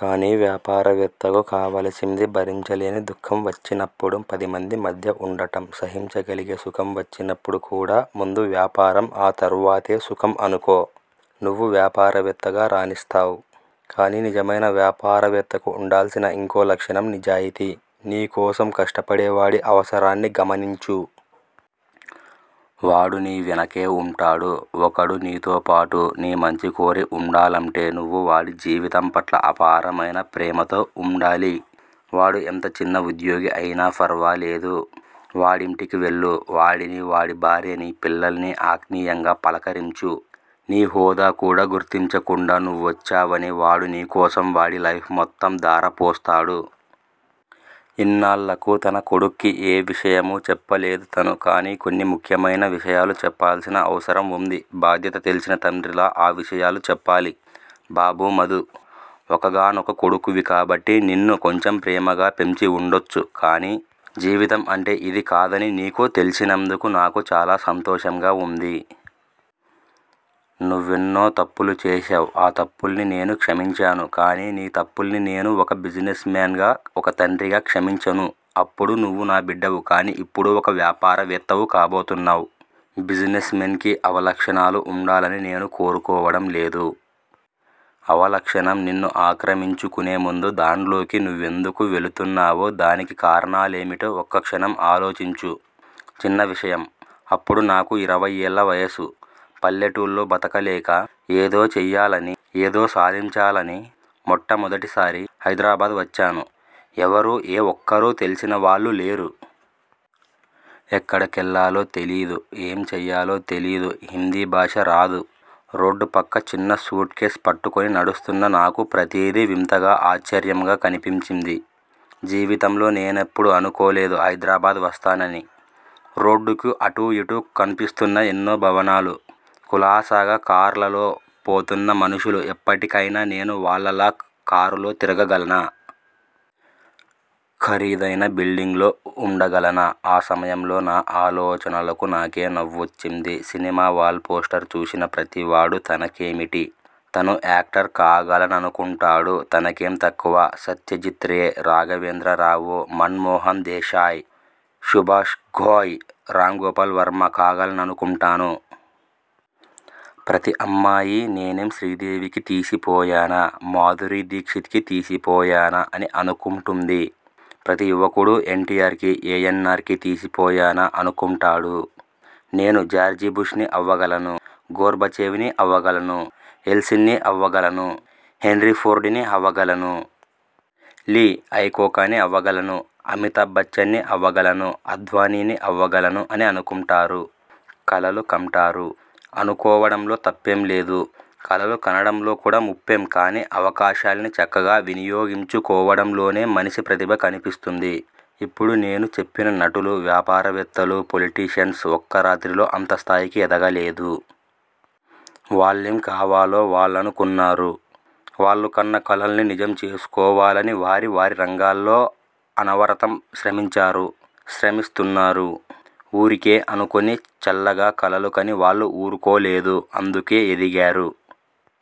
కానీ వ్యాపారవేత్తకు కావలసింది భరించలేని దుఃఖం వచ్చినప్పుడు పదిమంది మధ్య ఉండటం. సహించగలిగే సుఖం వచ్చినప్పుడు కూడా ముందు వ్యాపారం, ఆ తర్వాతే సుఖం అనుకో- నువ్వు వ్యాపారవేత్తగా రాణిస్తావ్- కానీ నిజమైన వ్యాపారవేత్తకు ఉండాల్సిన ఇంకో లక్షణం నిజాయితీ. నీ కోసం కష్టపడేవాడి అవసరాన్ని గమనించు. వాడు నీ వెనకే వుంటాడు. ఒకడు నీతో పాటు, నీ మంచి కోరి వుండాలంటే, నువ్వు వాడి జీవితం పట్ల అపారమైన ప్రేమతో వుండాలి. వాడు ఎంత చిన్న ఉద్యోగి అయినా ఫర్వాలేదు. వాడింటికి వెళ్ళు. వాడిని, వాడి భార్యని, పిల్లల్నీ ఆత్మీయంగా పలకరించు. నీ హోదా కూడా గుర్తించకుండా, నువ్వొచ్చావని వాడు నీకోసం వాడి లైఫ్ మొత్తం ధారపోస్తాడు. ఇన్నాళ్ళకు తన కొడుక్కి ఏ విషయమూ చెప్పలేదు తను. కానీ కొన్ని ముఖ్యమైన విషయాలు చెప్పాల్సిన అవసరం వుంది. బాధ్యత తెల్సిన తండ్రిలా ఆ విషయాలు చెప్పాలి. బాబూ! మధూ ఒక్కగానొక్క కొడుకువి కాబట్టి నిన్ను కొంచెం ప్రేమగా పెంచి వుండొచ్చు కానీ జీవితం అంటే ఇది కాదని నీకు తెల్సినందుకు నాకు చాలా సంతోషంగా వుంది. నువ్వెన్నో తప్పులు చేసావ్. ఆ తప్పుల్ని నేను క్షమించాను. కానీ నీ తప్పుల్ని నేను ఒక బిజినెస్ మేన్ గా, ఒక తండ్రిగా క్షమించను. అప్పుడు నువ్వు నా బిడ్డవు. కాని ఇప్పుడో- ఒక వ్యాపారవేత్తవు కాబోతున్నావ్. బిజినెస్ మెన్ కి అవలక్షణాలు వుండాలని నేను కోరుకోవడం లేదు. అవలక్షణం నిన్ను ఆక్రమించుకునే ముందు, దాన్లోకి నువ్వెందుకు వెళుతున్నావో, దానికి కారణాలేమిటో ఒక్కక్షణం ఆలోచించు. చిన్న విషయం అప్పుడు నాకు ఇరవై ఏళ్ళ వయసు. పల్లెటూళ్ళో బతకలేక, ఏదో చెయ్యాలని, ఏదో సాధించాలని మొట్టమొదటిసారి హైద్రాబాద్ వచ్చాను. ఎవరూ, ఏ ఒక్కరూ తెల్సినవాళ్ళు లేరు. ఎక్కడకెళ్ళాలో తెలియదు. ఏం చెయ్యాలో తెలియదు. హిందీ భాష రాదు. రోడ్డు పక్క చిన్న సూట్ కేస్ పట్టుకుని నడుస్తున్న నాకు ప్రతీదీ వింతగా, ఆశ్చర్యంగా కనిపించింది. జీవితంలో నేనెప్పుడూ అనుకోలేదు హైద్రాబాద్ వస్తానని. రోడ్డుకి అటూ ఇటూ కన్పిస్తున్న ఎన్నో భవనాలు, కులాసాగా కార్లలో పోతున్న మనుషులు ఎప్పటికైనా నేను వాళ్ళలా కారులో తిరగగలనా? ఖరీదైన బిల్డింగ్ లో వుండగలనా? ఆ సమయంలో నా ఆలోచనలకు నాకే నవ్వొచ్చింది. సినిమా వాల్ పోస్టర్ చూసిన ప్రతివాడూ తనకేమిటి, తనూ యాక్టర్ కాగలననుకుంటాడు. తనకేం తక్కువ సత్యజిత్ రే, రాఘవేంద్రరావు, మన్ మోహన్ దేశాయ్, సుభాష్ ఘాయ్, రామ్ గోపాల్ వర్మ కాగలననుకుంటాను. ప్రతి అమ్మాయీ నేనేం శ్రీదేవికి తీసిపోయానా, మాధురీ దీక్షిత్ కి తీసిపోయానా అని అనుకుంటుంది. ప్రతీ యువకుడూ ఎన్టీఆర్ కి, ఏఎన్నార్ కి, తీసిపోయానా అనుకుంటాడు. నేను జార్జిబుష్ ని అవగలను. గోర్భచేవ్ ని అవగలను. ఎల్సిన్ ని అవగలను. హెన్రీ ఫోర్డ్ ని అవగలను. లీ అయికోకాని అవ్వగలను. అమితాబ్ బచ్చన్ని అవ్వగలను. అద్వానీని అవ్వగలను అని అనుకుంటారు. కలలు కంటారు. అనుకోవడంలో తప్పేంలేదు. కలలు కనడంలో కూడా ముప్పేం కాని అవకాశాల్ని చక్కగా వినియోగించుకోవడంలోనే మనిషి ప్రతిభ కన్పిస్తుంది. ఇప్పుడు నేను చెప్పిన నటులు, వ్యాపారవేత్తలు, పొలిటీషియన్స్ ఒక్క రాత్రిలో అంత స్థాయికి ఎదగలేదు. వాళ్ళేం కావాలో వాళ్ళనుకున్నారు- వాళ్ళు కన్న కలల్నీ నిజం చేసుకోవాలని వారి వారిరంగాల్లో అనవరతం శ్రమించారు, శ్రమిస్తున్నారు. ఊరికే అనుకొని- చల్లగ్గా కలలు కని వాళ్ళు ఊరుకోలేదు. అందుకే ఎదిగారు.